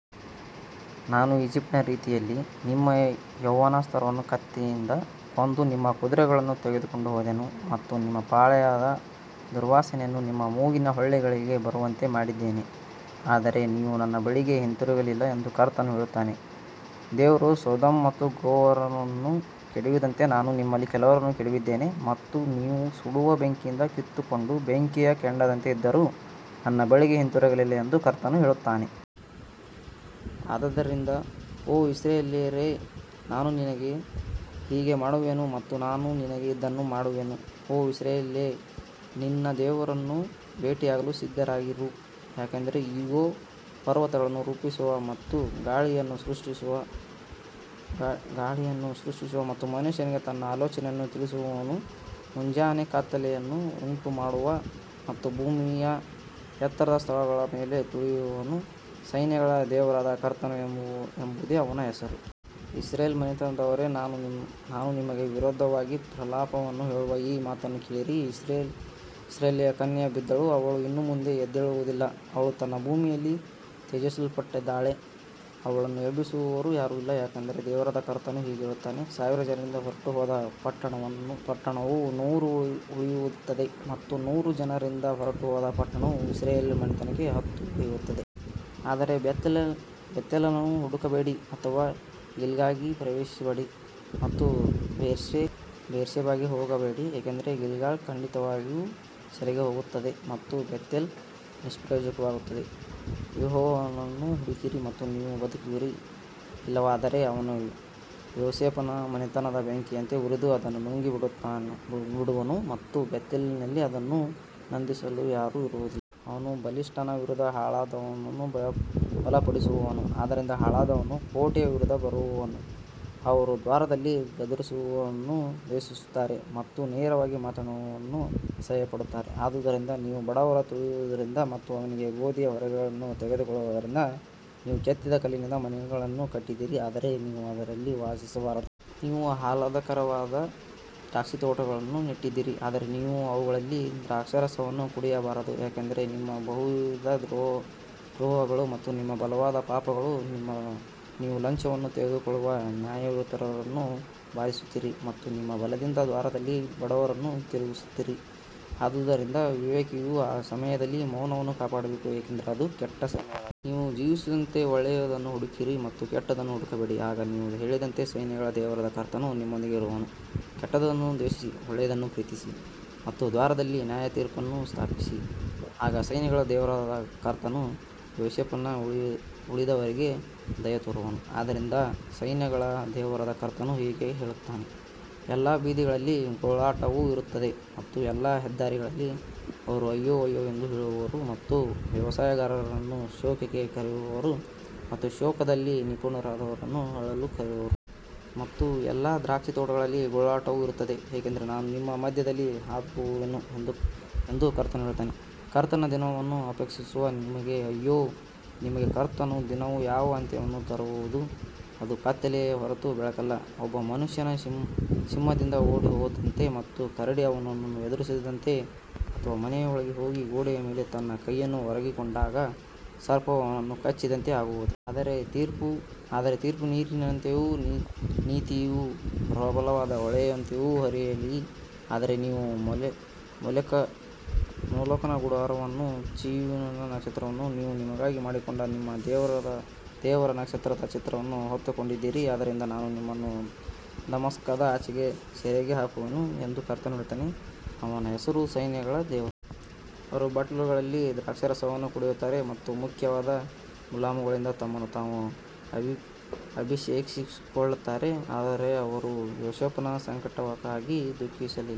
ನಾನು ಈಜಿಪ್ಟಿನ ರೀತಿಯಲ್ಲಿ ನಿಮ್ಮ ಯೌವನಸ್ಥರನ್ನು ಕತ್ತಿಯಿಂದ ಕೊಂದು ನಿಮ್ಮ ಕುದುರೆಗಳನ್ನು ತೆಗೆದುಕೊಂಡು ಹೋದೆನು ಮತ್ತು ನಿಮ್ಮ ಪಾಳೆಯದ ದುರ್ವಾಸನೆಯನ್ನು ನಿಮ್ಮ ಮೂಗಿನ ಹೊಳ್ಳೆಗಳಿಗೆ ಬರುವಂತೆ ಮಾಡಿದ್ದೇನೆ, ಆದರೆ ನೀವು ನನ್ನ ಬಳಿಗೆ ಹಿಂತಿರುಗಲಿಲ್ಲ ಎಂದು ಕರ್ತನು ಹೇಳುತ್ತಾನೆ. ದೇವರು ಸೊದೋಮ್ ಮತ್ತು ಗೊಮೋರವನ್ನು ಕೆಡವಿದಂತೆ ನಾನು ನಿಮ್ಮಲ್ಲಿ ಕೆಲವರನ್ನು ಕೆಡವಿದ್ದೇನೆ ಮತ್ತು ನೀವು ಸುಡುವ ಬೆಂಕಿಯಿಂದ ಕಿತ್ತುಕೊಂಡ ಬೆಂಕಿಯ ಕೆಂಡದಂತೆ ಇದ್ದರೂ ನನ್ನ ಬಳಿಗೆ ಹಿಂತಿರುಗಲಿಲ್ಲ ಎಂದು ಕರ್ತನು ಹೇಳುತ್ತಾನೆ. ಆದದರಿಂದ ಓ ಇಸ್ರಾಯೇಲ್ಯರೇ, ನಾನು ನಿನಗೆ ಹೀಗೆ ಮಾಡುವೆನು ಮತ್ತು ನಾನು ನಿನಗೆ ಇದನ್ನು ಮಾಡುವೆನು. ಓ ಇಸ್ರಾಯೇಲ್ಯೇ, ನಿನ್ನ ದೇವರನ್ನು ಭೇಟಿಯಾಗಲು ಸಿದ್ಧರಾಗಿರು, ಯಾಕಂದರೆ ಇಗೋ, ಪರ್ವತಗಳನ್ನು ರೂಪಿಸುವ ಮತ್ತು ಗಾಳಿಯನ್ನು ಸೃಷ್ಟಿಸುವ ಮತ್ತು ಮನುಷ್ಯನಿಗೆ ತನ್ನ ಆಲೋಚನೆಯನ್ನು ತಿಳಿಸುವವನು, ಮುಂಜಾನೆ ಕತ್ತಲೆಯನ್ನು ಉಂಟುಮಾಡುವ ಮತ್ತು ಭೂಮಿಯ ಎತ್ತರದ ಸ್ಥಳಗಳ ಮೇಲೆ ತುಳಿಯುವವನು, ಸೈನ್ಯಗಳ ದೇವರಾದ ಕರ್ತನು ಎಂಬುದೇ ಅವನ ಹೆಸರು. ಇಸ್ರಾಯೇಲ್ ಮನೆತನದವರೇ, ನಾನು ನಿಮಗೆ ವಿರೋಧವಾಗಿ ಪ್ರಲಾಪವನ್ನು ಹೇಳುವ ಈ ಮಾತನ್ನು ಕೇಳಿರಿ. ಇಸ್ರಾಯೇಲ್ಯ ಕನ್ಯೆಯು ಬಿದ್ದಳು, ಅವಳು ಇನ್ನು ಮುಂದೆ ಎದ್ದೇಳುವುದಿಲ್ಲ, ಅವಳು ತನ್ನ ಭೂಮಿಯಲ್ಲಿ ತ್ಯಜಿಸಲ್ಪಟ್ಟಿದ್ದಾಳೆ, ಅವಳನ್ನು ಎಬ್ಬಿಸುವವರು ಯಾರೂ ಇಲ್ಲ. ಯಾಕಂದರೆ ದೇವರಾದ ಕರ್ತನು ಹೀಗೆ ಹೇಳುತ್ತಾನೆ, ಸಾವಿರ ಜನರಿಂದ ಹೊರಟುಹೋದ ಪಟ್ಟಣವು ನೂರು ಉಳಿಯುತ್ತದೆ ಮತ್ತು ನೂರು ಜನರಿಂದ ಹೊರಟುಹೋದ ಪಟ್ಟಣವು ಇಸ್ರಾಯೇಲ್ ಮನೆತನಕ್ಕೆ ಹತ್ತು ಉಳಿಯುತ್ತದೆ. ಆದರೆ ಬೇತೇಲನ್ನು ಹುಡುಕಬೇಡಿ ಅಥವಾ ಗಿಲ್ಗಾಲಿಗೆ ಪ್ರವೇಶಿಸಬೇಡಿ ಮತ್ತು ಬೇರ್ಷೆಬಾಗೆ ಹೋಗಬೇಡಿ, ಏಕೆಂದರೆ ಗಿಲ್ಗಾಲ್ ಖಂಡಿತವಾಗಿಯೂ ಸೆರೆಗೆ ಹೋಗುತ್ತದೆ ಮತ್ತು ಬೇತೇಲ್ ನಿಷ್ಪ್ರಯೋಜಕವಾಗುತ್ತದೆ. ಯೆಹೋವನನ್ನು ಹುಡುಕಿರಿ ಮತ್ತು ನೀವು ಬದುಕುವಿರಿ, ಇಲ್ಲವಾದರೆ ಅವನು ಯೋಸೇಫನ ಮನೆತನದಲ್ಲಿ ಬೆಂಕಿಯಂತೆ ಉರಿದು ಅದನ್ನು ನುಂಗಿಬಿಡುವನು ಮತ್ತು ಬೇತೇಲಿನಲ್ಲಿ ಅದನ್ನು ನಂದಿಸಲು ಯಾರೂ ಇರುವುದಿಲ್ಲ. ಅವನು ಬಲಿಷ್ಠನ ವಿರುದ್ಧ ಹಾಳಾದವನನ್ನು ಬಲಪಡಿಸುವನು, ಆದ್ದರಿಂದ ಹಾಳಾದವನು ಕೋಟೆಯ ವಿರುದ್ಧ ಬರುವನು. ಅವರು ದ್ವಾರದಲ್ಲಿ ಗದರಿಸುವವನನ್ನು ದ್ವೇಷಿಸುತ್ತಾರೆ ಮತ್ತು ನೇರವಾಗಿ ಮಾತನಾಡುವವನನ್ನು ಅಸಹ್ಯಪಡುತ್ತಾರೆ. ಆದುದರಿಂದ ನೀವು ಬಡವರನ್ನು ತುಳಿಯುವುದರಿಂದ ಮತ್ತು ಅವನಿಂದ ಗೋಧಿಯ ಹೊರೆಗಳನ್ನು ತೆಗೆದುಕೊಳ್ಳುವುದರಿಂದ, ನೀವು ಕೆತ್ತಿದ ಕಲ್ಲಿನಿಂದ ಮನೆಗಳನ್ನು ಕಟ್ಟಿದ್ದೀರಿ, ಆದರೆ ನೀವು ಅದರಲ್ಲಿ ವಾಸಿಸಬಾರದು. ನೀವು ಆಹ್ಲಾದಕರವಾದ ದ್ರಾಕ್ಷಿತೋಟಗಳನ್ನು ನೆಟ್ಟಿದ್ದೀರಿ, ಆದರೆ ನೀವು ಅವುಗಳಲ್ಲಿ ದ್ರಾಕ್ಷಾರಸವನ್ನು ಕುಡಿಯಬಾರದು. ಯಾಕಂದರೆ ನಿಮ್ಮ ಬಹುವಿಧದ ದ್ರೋಹಗಳು ಮತ್ತು ನಿಮ್ಮ ಬಲವಾದ ಪಾಪಗಳು, ನೀವು ಲಂಚವನ್ನು ತೆಗೆದುಕೊಳ್ಳುವ ನ್ಯಾಯಯುತರನ್ನು ಬಾಧಿಸುತ್ತೀರಿ ಮತ್ತು ನಿಮ್ಮ ಬಲದಿಂದ ದ್ವಾರದಲ್ಲಿ ಬಡವರನ್ನು ತಿರುಗಿಸುತ್ತೀರಿ. ಆದುದರಿಂದ ವಿವೇಕಿಯು ಆ ಸಮಯದಲ್ಲಿ ಮೌನವನ್ನು ಕಾಪಾಡಬೇಕು, ಏಕೆಂದರೆ ಅದು ಕೆಟ್ಟ ಸಮಯವಾಗಿದೆ. ನೀವು ಜೀವಿಸುವಂತೆ ಒಳ್ಳೆಯದನ್ನು ಹುಡುಕಿರಿ ಮತ್ತು ಕೆಟ್ಟದ್ದನ್ನು ಹುಡುಕಬೇಡಿ, ಆಗ ನೀವು ಹೇಳಿದಂತೆ ಸೈನ್ಯಗಳ ದೇವರಾದ ಕರ್ತನು ನಿಮ್ಮೊಂದಿಗೆ ಇರುವನು. ಕೆಟ್ಟದ್ದನ್ನು ದ್ವೇಷಿಸಿ, ಒಳ್ಳೆಯದನ್ನು ಪ್ರೀತಿಸಿ ಮತ್ತು ದ್ವಾರದಲ್ಲಿ ನ್ಯಾಯತೀರ್ಪನ್ನು ಸ್ಥಾಪಿಸಿ, ಆಗ ಸೈನ್ಯಗಳ ದೇವರಾದ ಕರ್ತನು ಯೋಸೇಫನ ಉಳಿದವರಿಗೆ ದಯೆತೋರುವನು. ಆದದರಿಂದ ಸೈನ್ಯಗಳ ದೇವರಾದ ಕರ್ತನು ಹೀಗೆ ಹೇಳುತ್ತಾನೆ, ಎಲ್ಲಾ ಬೀದಿಗಳಲ್ಲಿ ಗೋಳಾಟವು ಇರುತ್ತದೆ ಮತ್ತು ಎಲ್ಲಾ ಹೆದ್ದಾರಿಗಳಲ್ಲಿ ಅವರು ಅಯ್ಯೋ ಅಯ್ಯೋ ಎಂದು ಹೇಳುವರು ಮತ್ತು ವ್ಯವಸಾಯಗಾರನನ್ನು ಶೋಕಕ್ಕೆ ಕರೆಯುವರು ಮತ್ತು ಶೋಕದಲ್ಲಿ ನಿಪುಣರಾದವರನ್ನು ಅಳಲು ಕರೆಯುವರು. ಮತ್ತು ಎಲ್ಲಾ ದ್ರಾಕ್ಷಿತೋಟಗಳಲ್ಲಿ ಗೋಳಾಟವು ಇರುತ್ತದೆ, ಏಕೆಂದರೆ ನಾನು ನಿಮ್ಮ ಮಧ್ಯದಲ್ಲಿ ಹಾದುಹೋಗುವೆನು ಎಂದು ಕರ್ತನು ಹೇಳುತ್ತಾನೆ. ಕರ್ತನ ದಿನವನ್ನು ಅಪೇಕ್ಷಿಸುವ ನಿಮಗೆ ಅಯ್ಯೋ, ನಿಮಗೆ ಕರ್ತನ ದಿನವು ಯಾವ ಅಂತ್ಯವನ್ನು ತರುವುದು, ಅದು ಕತ್ತಲೆಯೇ ಹೊರತು ಬೆಳಕಲ್ಲ. ಒಬ್ಬ ಮನುಷ್ಯನು ಸಿಂಹದಿಂದ ಓಡಿಹೋದಂತೆ ಮತ್ತು ಕರಡಿ ಅವನನ್ನು ಎದುರಿಸಿದಂತೆ ಅಥವಾ ಮನೆಯೊಳಗೆ ಹೋಗಿ ಗೋಡೆಯ ಮೇಲೆ ತನ್ನ ಕೈಯನ್ನು ಒರಗಿಕೊಂಡಾಗ ಸರ್ಪವು ಅವನನ್ನು ಕಚ್ಚಿದಂತೆ ಆಗುವುದು. ಆದರೆ ತೀರ್ಪು ನೀರಿನಂತೆಯೂ ನೀತಿಯು ಪ್ರಬಲವಾದ ಹೊಳೆಯಂತೆಯೂ ಹರಿಯಲಿ. ಆದರೆ ನೀವು ಮೊಲೊಕನ ಗುಡಾರವನ್ನೂ ಚಿಯೂನನ ನಕ್ಷತ್ರವನ್ನೂ, ನೀವು ನಿಮಗಾಗಿ ಮಾಡಿಕೊಂಡ ನಿಮ್ಮ ದೇವರ ನಕ್ಷತ್ರದ ಚಿತ್ರವನ್ನೂ ಹೊತ್ತುಕೊಂಡಿದ್ದೀರಿ. ಆದದರಿಂದ ನಾನು ನಿಮ್ಮನ್ನು ದಮಸ್ಕದ ಆಚೆಗೆ ಸೆರೆಗೆ ಹಾಕುವೆನು ಎಂದು ಕರ್ತನು ಹೇಳುತ್ತಾನೆ, ಅವನ ಹೆಸರು ಸೈನ್ಯಗಳ ದೇವರು. ಅವರು ಬಟ್ಟಲುಗಳಲ್ಲಿ ದ್ರಾಕ್ಷಾರಸವನ್ನು ಕುಡಿಯುತ್ತಾರೆ ಮತ್ತು ಮುಖ್ಯವಾದ ಮುಲಾಮುಗಳಿಂದ ತಮ್ಮನ್ನು ತಾವು ಅಭಿಷೇಕಿಸಿಕೊಳ್ಳುತ್ತಾರೆ, ಆದರೆ ಅವರು ಯೋಸೇಫನ ಸಂಕಟಕ್ಕಾಗಿ ದುಃಖಿಸಲಿಲ್ಲ.